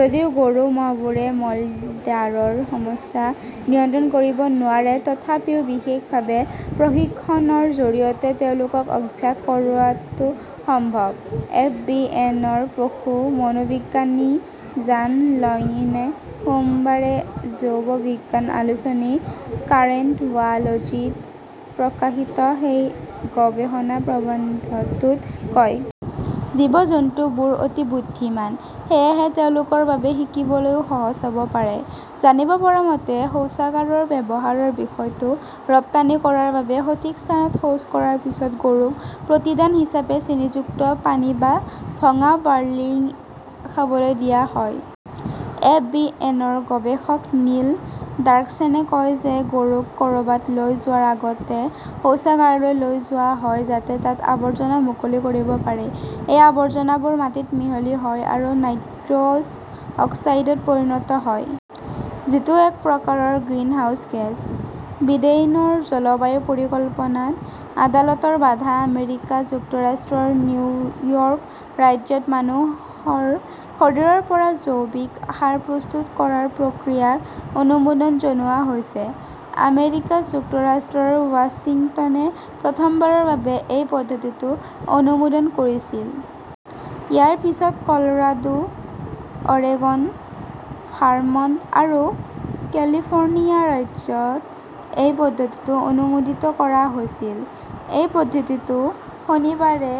যদিও গৰু-ম'হবোৰে মলদ্বাৰৰ সমস্যা নিয়ন্ত্ৰণ কৰিব নোৱাৰে, তথাপিও বিশেষভাৱে প্ৰশিক্ষণৰ জৰিয়তে তেওঁলোকক অভ্যাস কৰোৱাটো সম্ভৱ ", এফ. বি. এন. -ৰ পশু মনোবিজ্ঞানী জান লংইনে সোমবাৰে জৈৱবিজ্ঞান আলোচনী" কাৰেণ্ট বায় "লজী" ত প্ৰকাশিত সেই গৱেষণা প্ৰবন্ধটোত কয়। জীৱ-জন্তুবোৰ অতি বুদ্ধিমান, সেয়েহে তেওঁলোকৰ বাবে শিকিবলৈও সহজ হ'ব পাৰে। "জানিব পৰা মতে, শৌচাগাৰৰ ব্যৱহাৰৰ বিষয়টো ৰপ্তানি কৰাৰ বাবে সঠিক স্থানত শৌচ কৰাৰ পিছত গৰুক প্ৰতিদান হিচাপে চেনীযুক্ত পানী বা ভঙা বাৰ্লি খাবলৈ দিয়া হয়। এফ. বি. এন. -ৰ গৱেষক নীল ডাৰ্কছেনে কয় যে গৰুক ক'ৰবাত লৈ যোৱাৰ আগতে শৌচাগাৰলৈ লৈ যোৱা হয় যাতে তাত আৱৰ্জনা মুকলি কৰিব পাৰি। এই আৱৰ্জনাবোৰ মাটিত মিহলি হয় আৰু নাইট্ৰছ অক্সাইডত পৰিণত হয়। যিটো এক প্ৰকাৰৰ গ্ৰিনহাউজ গেছ। বিডেইনৰ জলবায়ু পৰিকল্পনাত আদালতৰ বাধা আমেৰিকা যুক্তৰাষ্ট্ৰৰ নিউয়ৰ্ক ৰাজ্যত মানুহৰ শৰীৰৰ পৰা জৈৱিক সাৰ প্ৰস্তুত কৰাৰ প্ৰক্ৰিয়াক অনুমোদন জনোৱা হৈছে। আমেৰিকা যুক্তৰাষ্ট্ৰত ৱাশ্বিংটনে প্ৰথমবাৰৰ বাবে এই পদ্ধতিটো অনুমোদন কৰিছিল। ইয়াৰ পিছত কলৰাডো, অৰেগন, ভাৰমণ্ট আৰু কেলিফৰ্ণিয়া ৰাজ্যত এই পদ্ধতিটো অনুমোদিত কৰা হৈছিল। এই পদ্ধতিটো শনিবাৰে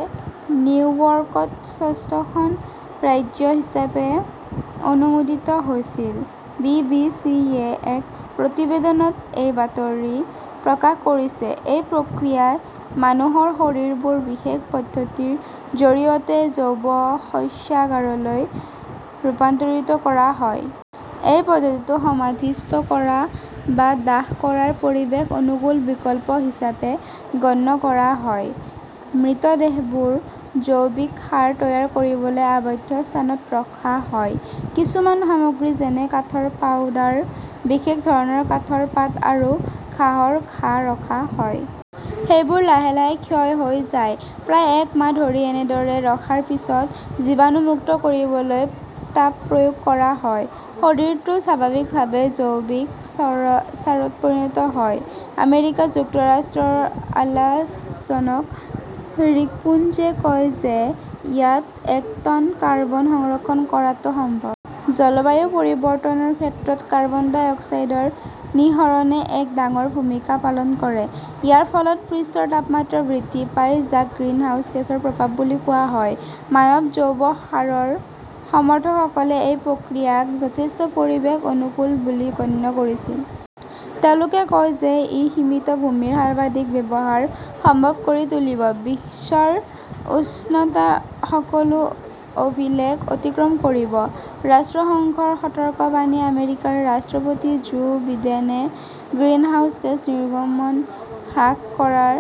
নিউয়ৰ্কত ষষ্ঠখন ৰাজ্য হিচাপে অনুমোদিত হৈছিল। বি. বি. চি. -য়ে এক প্ৰতিবেদনত এই বাতৰি প্ৰকাশ কৰিছে। এই প্ৰক্ৰিয়াত, মানুহৰ শৰীৰবোৰ বিশেষ পদ্ধতিৰ জৰিয়তে জৈৱ শস্যাগাৰলৈ ৰূপান্তৰিত কৰা হয়। এই পদ্ধতিটো সমাধিস্থ কৰা বা দাহ কৰাৰ পৰিৱেশ অনুকূল বিকল্প হিচাপে গণ্য কৰা হয়। মৃতদেহবোৰ জৈৱিক সাৰ তৈয়াৰ কৰিবলৈ আবদ্ধ স্থানত ৰখা হয়। কিছুমান সামগ্ৰী যেনে কাঠৰ পাউডাৰ, বিশেষ ধৰণৰ কাঠৰ পাত আৰু ঘাঁহৰ ঘাঁহ ৰখা হয়। সেইবোৰ লাহে লাহে ক্ষয় হৈ যায়। প্ৰায় এক মাহ ধৰি এনেদৰে ৰখাৰ পিছত জীৱাণুমুক্ত কৰিবলৈ তাপ প্ৰয়োগ কৰা হয়। শৰীৰটো স্বাভাৱিকভাৱেই জৈৱিক চাৰত পৰিণত হয়। আমেৰিকা যুক্তৰাষ্ট্ৰৰ অলাভজনক ৰিকম্পোজে কয় যে ইয়াত এক টন কাৰ্বন সংৰক্ষণ কৰাটো সম্ভৱ। জলবায়ু পৰিৱৰ্তনৰ ক্ষেত্ৰত কাৰ্বন ডাই অক্সাইডৰ নিঃসৰণে এক ডাঙৰ ভূমিকা পালন কৰে। ইয়াৰ ফলত পৃষ্ঠৰ তাপমাত্ৰা বৃদ্ধি পায়, যাক গ্ৰিনহাউজ গেছৰ প্ৰভাৱ বুলি কোৱা হয়। মানৱ জৈৱ সাৰৰ সমৰ্থকসকলে এই প্ৰক্ৰিয়াক যথেষ্ট পৰিৱেশ অনুকূল বুলি গণ্য কৰিছিল। তেওঁলোকে কয় যে ই সীমিত ভূমিৰ সৰ্বাধিক ব্যৱহাৰ সম্ভৱ কৰি তুলিব। বিশ্বৰ উষ্ণতা সকলো অভিলেখ অতিক্ৰম কৰিব, ৰাষ্ট্ৰসংঘৰ সতৰ্কবাণী আমেৰিকাৰ ৰাষ্ট্ৰপতি জো বিডেনে গ্ৰিনহাউজ গেছ নিৰ্গমন হ্ৰাস কৰাৰ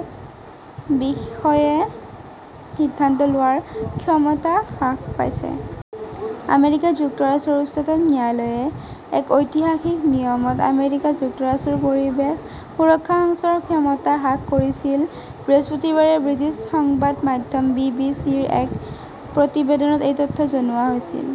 বিষয়ে সিদ্ধান্ত লোৱাৰ ক্ষমতা হ্ৰাস পাইছে। আমেৰিকা যুক্তৰাষ্ট্ৰৰ উচ্চতম ন্যায়ালয়ে এক ঐতিহাসিক নিয়মত আমেৰিকা যুক্তৰাষ্ট্ৰৰ পৰিৱেশ সুৰক্ষা সংস্থাৰ ক্ষমতা হ্ৰাস কৰিছিল। বৃহস্পতিবাৰে ব্ৰিটিছ সংবাদ মাধ্যম বি. বি. চি. -ৰ এক প্ৰতিবেদনত এই তথ্য জনোৱা হৈছিল।